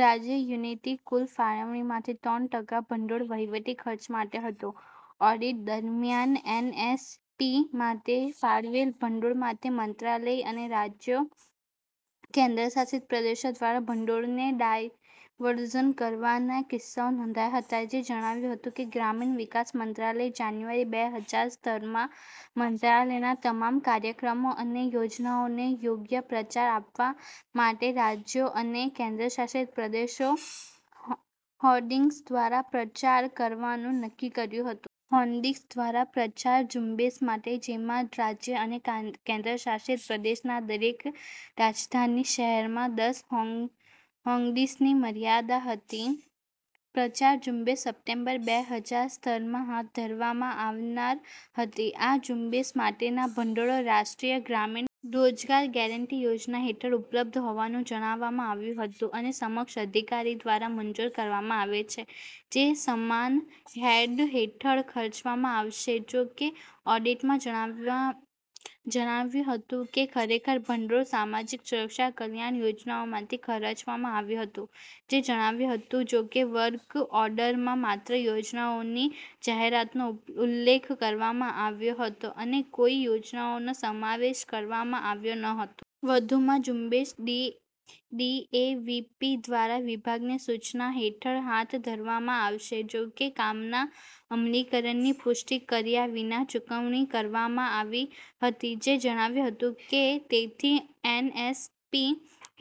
રાજ્ય યુનિટી કુલ ફાળવણીમાંથી ત્રણ ટકા ભંડોળ વહીવટી ખર્ચ માટે હતું. ઓડિટ દરમિયાન, એનએસપી માટે ફાળવેલ ભંડોળમાંથી મંત્રાલય અને રાજ્યો કેન્દ્રશાસિત પ્રદેશો દ્વારા ભંડોળને ડાયવર્ઝન કરવાના કિસ્સા નોંધયા હતા," તે જણાવ્યું હતું કે "ગ્રામીણ વિકાસ મંત્રાલયે જાન્યુઆરી બે હજાર સત્તરમાં મંત્રાલયના તમામ કાર્યક્રમો અને યોજનાઓને યોગ્ય પ્રચાર આપવા માટે રાજ્યો અને કેન્દ્રશાસિત પ્રદેશોમાં હોર્ડિંગ્સ દ્વારા પ્રચાર કરવાનું નક્કી કર્યું હતું. હોર્ડિંગ્સ દ્વારા પ્રચાર ઝુંબેશ માટે, જેમાં રાજ્ય અને કેન્દ્રશાસિત પ્રદેશના દરેક રાજધાની શહેરમાં દસ હોર્ડિંગ્સની મર્યાદા હતી. પ્રચાર ઝુંબેશ સપ્ટેમ્બર બે હજાર સત્તરમાં હાથ ધરવામાં આવનાર હતી. આ ઝુંબેશ માટેના ભંડોળ રાષ્ટ્રીય ગ્રામીણ રોજગાર ગેરંટી યોજના હેઠળ ઉપલબ્ધ હોવાનું જણાવવામાં આવ્યું હતું અને સક્ષમ અધિકારી દ્વારા મંજૂર કરવામાં આવે છે જે સમાન હેડ હેઠળ ખર્ચવામાં આવશે; જો કે, ઓડિટમાં જણાયું હતું કે ખરેખર ભંડોળ સામાજિક સુરક્ષા કલ્યાણ- યોજનાઓમાંથી ખર્ચવામાં આવ્યું હતું," તે જણાવ્યું હતું "જો કે, વર્ક ઓર્ડરમાં માત્ર યોજનાઓની જાહેરાતનો ઉલ્લેખ કરવામાં આવ્યો હતો અને કોઈ યોજનાઓનો સમાવેશ કરવામાં આવ્યો ન હતો. વધુમાં, ઝુંબેશ ડી ડીએવીપી દ્વારા વિભાગને સૂચના હેઠળ હાથ ધરવામાં આવશે; જો કે, કામના અમલીકરણની પુષ્ટિ કર્યા વિના ચૂકવણી કરવામાં આવી હતી," તે જણાવ્યું હતું કે "તેથી, એનએસપી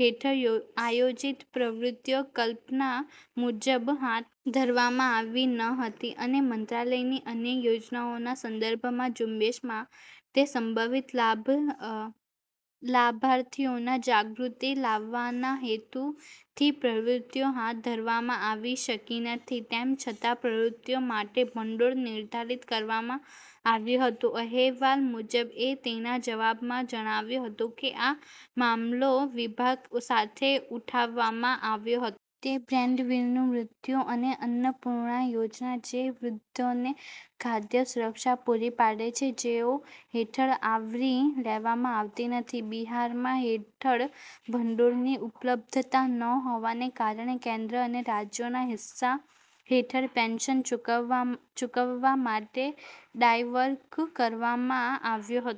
હેઠળ આયોજિત પ્રવૃત્તિઓ કલ્પના મુજબ હાથ ધરવામાં આવી ન હતી અને મંત્રાલયની અન્ય યોજનાઓના સંદર્ભમાં ઝુંબેશ માટે સંભવિત લાભાર્થીઓમાં જાગૃતિ લાવવાના હેતુથી પ્રવૃત્તિઓ હાથ ધરવામાં આવી શકી નથી તેમ છતાં પ્રવૃત્તિઓ માટે ભંડોળ નિર્ધારિત કરવામાં આવ્યું હતું," અહેવાલ મુજબ, એ તેના જવાબમાં જણાવ્યું હતું કે આ મામલો વિભાગ સાથે ઉઠાવવામાં આવ્યો હતો. તેના બ્રેડવિનનું મૃત્યુ, અને અન્નપૂર્ણા યોજના, જે વૃદ્ધોને ખાદ્ય સુરક્ષા પૂરી પાડે છે જેઓ હેઠળ આવરી લેવામાં આવતા નથી. બિહારમાં હેઠળ ભંડોળની ઉપલબ્ધતા ન હોવાને કારણે કેન્દ્ર અને રાજ્યનો હિસ્સા હેઠળ પેન્શન ચુકવ ચૂકવવા માટે ડાયવર્ટ કરવામાં આવ્યો હતો.